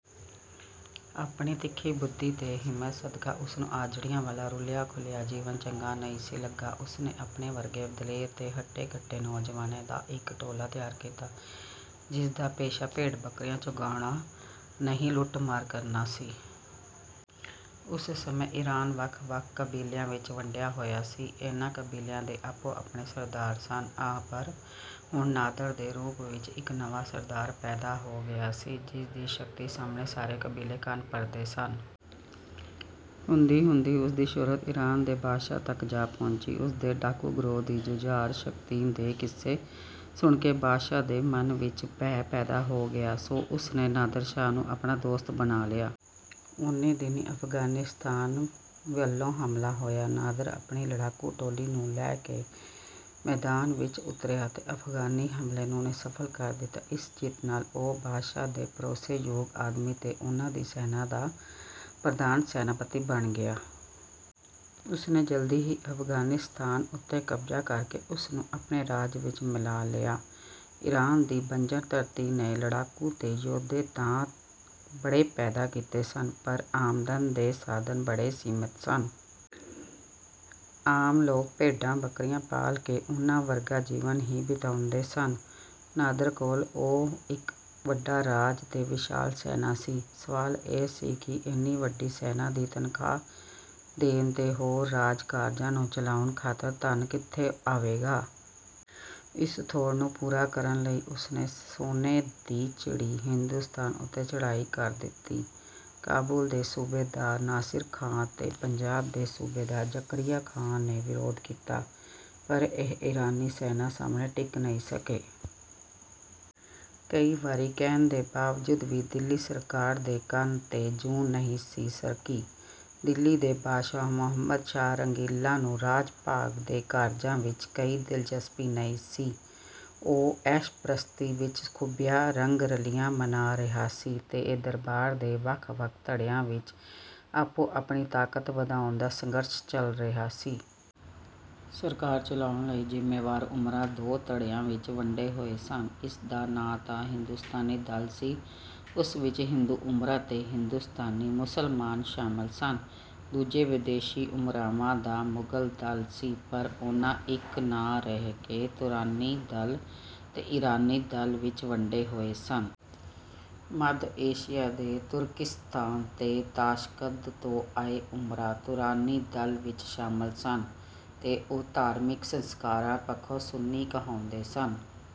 ਆਪਣੀ ਤਿੱਖੀ-ਬੁੱਧੀ ਤੇ ਹਿੰਮਤ ਸਦਕਾ ਉਸਨੂੰ ਆਜੜੀਆਂ ਵਾਲਾ, ਰੁਲਿਆ-ਖੁਲਿਆ ਜੀਵਨ ਚੰਗਾ ਨਹੀਂ ਸੀ ਲੱਗਾ। ਉਸਨੇ ਆਪਣੇ ਵਰਗੇ ਦਲੇਰ ਤੇ ਹੱਟੇ-ਕੱਟੇ ਨੌਜਵਾਨਾਂ ਦਾ ਇੱਕ ਟੋਲਾ ਤਿਆਰ ਕੀਤਾ, ਜਿਸ ਦਾ ਪੇਸ਼ਾ ਭੇਡ-ਬੱਕਰੀਆਂ ਚਰਾਉਣਾ ਨਹੀਂ, ਲੁੱਟ-ਮਾਰ ਕਰਨਾ ਸੀ। ਉਸ ਸਮੇਂ ਈਰਾਨ ਵੱਖ-ਵੱਖ ਕਬੀਲਿਆਂ ਵਿੱਚ ਵੰਡਿਆ ਹੋਇਆ ਸੀ। ਇਹਨਾਂ ਕਬੀਲਿਆਂ ਦੇ ਆਪੋ-ਆਪਣੇ ਸਰਦਾਰ ਸਨ। ਪਰ ਹੁਣ ਨਾਦਰ ਦੇ ਰੂਪ ਵਿੱਚ ਇੱਕ ਨਵਾਂ ਸਰਦਾਰ ਪੈਦਾ ਹੋ ਗਿਆ ਸੀ, ਜਿਸ ਦੀ ਸ਼ਕਤੀ ਸਾਹਮਣੇ ਸਾਰੇ ਕਬੀਲੇ ਕੰਨ ਭੰਨਦੇ ਸਨ। ਹੁੰਦੀ-ਹੁੰਦੀ ਉਸ ਦੀ ਸ਼ੋਹਰਤ ਈਰਾਨ ਦੇ ਬਾਦਸ਼ਾਹ ਤੱਕ ਜਾ ਪਹੁੰਚੀ। ਉਸ ਦੇ ਡਾਕੂ-ਗਿਰੋਹ ਦੀ ਜੁਝਾਰੂ ਸ਼ਕਤੀ ਦੇ ਕਿੱਸੇ ਸੁਣ ਕੇ ਬਾਦਸ਼ਾਹ ਦੇ ਮਨ ਵਿੱਚ ਵੀ ਭੈ ਪੈਦਾ ਹੋ ਗਿਆ, ਸੋ ਉਸ ਨੇ ਨਾਦਰ ਸ਼ਾਹ ਨੂੰ ਆਪਣਾ ਦੋਸਤ ਬਣਾ ਲਿਆ। ਓਨੀਂ ਦਿਨੀਂ ਅਫ਼ਗਾਨਿਸਤਾਨ ਵੱਲੋਂ ਹਮਲਾ ਹੋਇਆ। ਨਾਦਰ ਆਪਣੀ ਲੜਾਕੂ ਟੋਲੀ ਨੂੰ ਲੈ ਕੇ ਮੈਦਾਨ ਵਿੱਚ ਉਤਰਿਆ ਤੇ ਅਫ਼ਗਾਨੀ ਹਮਲੇ ਨੂੰ ਨਿਸਫਲ ਕਰ ਦਿੱਤਾ। ਇਸ ਜਿੱਤ ਨਾਲ ਉਹ ਬਾਦਸ਼ਾਹ ਦਾ ਭਰੋਸੇ-ਯੋਗ ਆਦਮੀ ਤੇ ਉਸ ਦੀ ਸੈਨਾ ਦਾ ਪ੍ਰਧਾਨ-ਸੈਨਾਪਤੀ ਬਣ ਗਿਆ। ਉਸਨੇ ਜਲਦੀ ਹੀ ਅਫ਼ਗਾਨਿਸਤਾਨ ਉੱਤੇ ਕਬਜ਼ਾ ਕਰਕੇ ਉਸ ਨੂੰ ਆਪਣੇ ਰਾਜ ਵਿੱਚ ਮਿਲਾ ਲਿਆ। ਈਰਾਨ ਦੀ ਬੰਜਰ ਧਰਤੀ ਨੇ ਲੜਾਕੂ ਤੇ ਯੋਧੇ ਤਾਂ ਬੜੇ ਪੈਦਾ ਕੀਤੇ ਸਨ, ਪਰ ਆਮਦਨ ਦੇ ਸਾਧਨ ਬੜੇ ਸੀਮਤ ਸਨ। ਆਮ ਲੋਕ ਭੇਡ-ਬੱਕਰੀਆਂ ਪਾਲ ਕੇ ਉਹਨਾਂ ਵਰਗਾ ਜੀਵਨ ਹੀ ਬਿਤਾਉਂਦੇ ਸਨ। ਨਾਦਰ ਕੋਲ ਹੁਣ ਇੱਕ ਵੱਡਾ ਰਾਜ ਤੇ ਵਿਸ਼ਾਲ ਸੈਨਾ ਸੀ। ਸਵਾਲ ਇਹ ਸੀ ਕਿ ਇੰਨੀ ਵੱਡੀ ਸੈਨਾ ਦੀ ਤਨਖਾਹ ਦੇਣ ਤੇ ਹੋਰ ਰਾਜ-ਕਾਰਜਾਂ ਨੂੰ ਚਲਾਉਣ ਖਾਤਰ ਧਨ ਕਿੱਥੋਂ ਆਵੇਗਾ? ਇਸ ਥੁੜ ਨੂੰ ਪੂਰਾ ਕਰਨ ਲਈ ਉਸਨੇ 'ਸੋਨੇ ਦੀ ਚਿੜੀ' ਹਿੰਦੁਸਤਾਨ ਉੱਤੇ ਚੜ੍ਹਾਈ ਕਰ ਦਿੱਤੀ। ਕਾਬੁਲ ਦੇ ਸੂਬੇਦਾਰ ਨਾਸਿਰ ਖ਼ਾਂ ਤੇ ਪੰਜਾਬ ਦੇ ਸੂਬੇਦਾਰ ਜ਼ਕਰੀਆ ਖ਼ਾਂ ਨੇ ਵਿਰੋਧ ਕੀਤਾ, ਪਰ ਉਹ ਈਰਾਨੀ ਸੈਨਾ ਸਾਹਮਣੇ ਟਿਕ ਨਹੀਂ ਸਕੇ। ਕਈ ਵਾਰੀ ਕਹਿਣ ਦੇ ਬਾਵਜੂਦ ਵੀ ਦਿੱਲੀ ਸਰਕਾਰ ਦੇ ਕੰਨ 'ਤੇ ਜੂੰ ਨਹੀਂ ਸੀ ਸਰਕੀ। ਦਿੱਲੀ ਦੇ ਬਾਦਸ਼ਾਹ ਮੁਹੰਮਦ ਸ਼ਾਹ ਰੰਗੀਲਾ ਨੂੰ ਰਾਜ-ਭਾਗ ਦੇ ਕਾਰਜਾਂ ਵਿੱਚ ਕੋਈ ਦਿਲਚਸਪੀ ਨਹੀਂ ਸੀ। ਉਹ ਐਸ਼-ਪ੍ਰਸਤੀ ਵਿੱਚ ਖੁੱਭਿਆ, ਰੰਗ-ਰਲੀਆਂ ਮਨਾ ਰਿਹਾ ਸੀ ਤੇ ਦਰਬਾਰ ਦੇ ਵੱਖ-ਵੱਖ ਧੜਿਆਂ ਵਿੱਚ ਆਪੋ-ਆਪਣੀ ਤਾਕਤ ਵਧਾਉਣ ਦਾ ਸੰਘਰਸ਼ ਚੱਲ ਰਿਹਾ ਸੀ। ਸਰਕਾਰ ਚਲਾਉਣ ਲਈ ਜ਼ਿੰਮੇਵਾਰ ਉਮਰਾ, ਦੋ ਧੜਿਆਂ ਵਿੱਚ ਵੰਡੇ ਹੋਏ ਸਨ। ਇੱਕ ਦਾ ਨਾਂ ਹਿੰਦੁਸਤਾਨੀ-ਦਲ ਸੀ, ਉਸ ਵਿੱਚ ਹਿੰਦੂ-ਉਮਰਾ ਤੇ ਹਿੰਦੁਸਤਾਨੀ ਮੁਸਲਮਾਨ ਸ਼ਾਮਲ ਸਨ। ਦੂਜਾ ਵਿਦੇਸ਼ੀ ਉਮਰਾਵਾਂ ਦਾ ਮੁਗ਼ਲ-ਦਲ ਸੀ। ਪਰ ਉਹ ਇੱਕ ਨਾ ਰਹਿ ਕੇ ਤੁਰਾਨੀ-ਦਲ ਅਤੇ ਈਰਾਨੀ-ਦਲ ਵਿੱਚ ਵੰਡੇ ਹੋਏ ਸਨ। ਮੱਧ ਏਸ਼ੀਆ ਦੇ ਤੁਰਕਿਸਤਾਨ ਤੇ ਤਾਸ਼ਕੰਦ ਤੋਂ ਆਏ ਉਮਰਾ, ਤੁਰਾਨੀ-ਦਲ ਵਿੱਚ ਸ਼ਾਮਲ ਸਨ ਤੇ ਉਹ ਧਾਰਮਿਕ ਸੰਸਕਾਰਾਂ ਪੱਖੋਂ 'ਸੁੰਨੀ' ਕਹਾਉਂਦੇ ਸਨ।